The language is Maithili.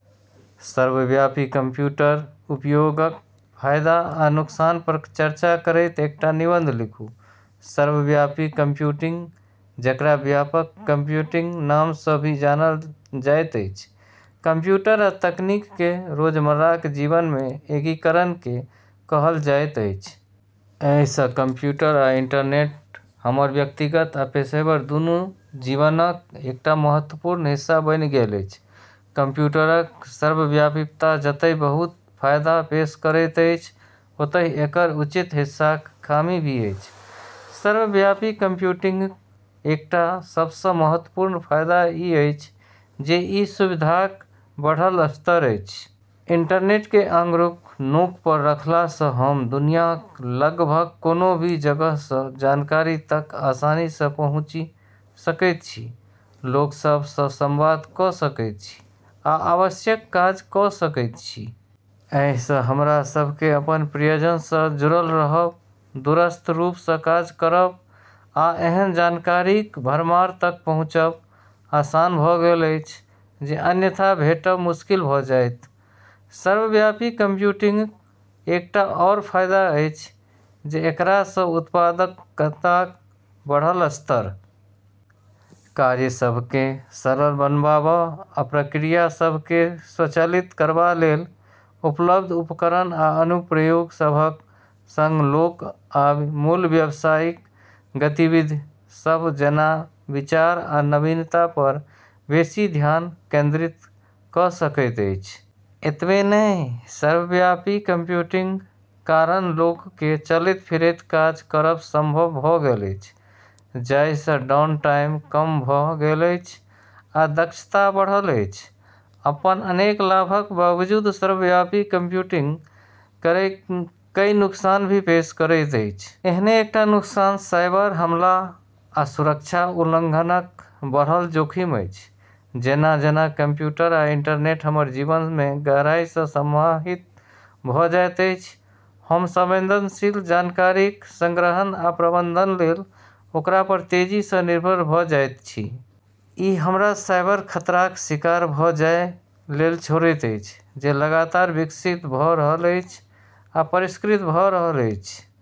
सर्वव्यापी कम्प्यूटर उपयोगक फायदा आ नुकसान पर चर्चा करैत एकटा निबंध लिखू सर्वव्यापी कंप्यूटिंग, जेकरा व्यापक कंप्यूटिंगक नाम सँ भी जानल जाइत अछि, कंप्यूटर आ तकनीकक रोजमर्राक जीवन मे एकीकरण केँ कहल जाइत अछि। एहि सँ कंप्यूटर आ इंटरनेट हमर व्यक्तिगत आ पेशेवर दुनू जीवनक एकटा महत्वपूर्ण हिस्सा बनि गेल अछि। कम्प्यूटरक सर्वव्यापीता जतए बहुत फायदा पेश करैत अछि, ओतहि एकर उचित हिस्साक खामी भी अछि। सर्वव्यापी कंप्यूटिंगक एकटा सब सँ महत्वपूर्ण फायदा ई अछि जे ई सुविधाक बढ़ल स्तर अछि। इंटरनेट केँ आँगुरक नोक पर रखला सँ हम दुनियाक लगभग कोनो भी जगह सँ जानकारी तक आसानी सँ पहुँची सकैत छी, लोक सभ सँ संवाद कऽ सकैत छी, आ आवश्यक काज कऽ सकैत छी। एहि सँ हमरा सभ केँ अपन प्रियजन सँ जुड़ल रहब, दूरस्थ रूप सँ काज करब, आ एहन जानकारीक भरमार तक पहुँचब आसान भऽ गेल अछि जे अन्यथा भेटब मुश्किल भऽ जाइत। सर्वव्यापी कंप्यूटिंगक एकटा आउर फायदा ई अछि जे एकरा सँ उत्पादकताक बढ़ल स्तर। कार्य सभ केँ सरल बनाबबा आ प्रक्रिया सभ केँ स्वचालित करबा लेल उपलब्ध उपकरण आ अनुप्रयोग सभक सँग, लोक अबि मूल व्यवसायिक गतिविध सभ, जेना विचार आ नवीनता पर बेसि ध्यान केंद्रित कऽ सकैत अछि। एतबे नहि, सर्वव्यापी कंप्यूटिंगक कारण लोक केँ चलैत-फिरैत काज करब संभव भऽ गेल अछि, जाहि सँ डाउनटाइम कम भऽ गेल अछि आ दक्षता बढ़ल अछि। अपन अनेक लाभक बावजूद सर्वव्यापी कंप्यूटिंग केरऽ कई नुकसान भी पेश करैत अछि। एहने एकटा नुकसान साइबर-हमला आ सुरक्षा उल्लंघनक बढ़ल जोखिम अछि। जेना-जेना कंप्यूटर आ इंटरनेट हमर जीवन मे गहराई सँ समाहित भऽ जाइत अछि, हम संवेदनशील जानकारीक संग्रहण आ प्रबंधन लेल ओकरा पर तेजी सँ निर्भर भऽ जाइत छी। ई हमरा साइबर खतराक शिकार भऽ जाए लेल छोड़ैत अछि, जे लगातार विकसित भऽ रहल अछि आ परिष्कृत भऽ रहल अछि।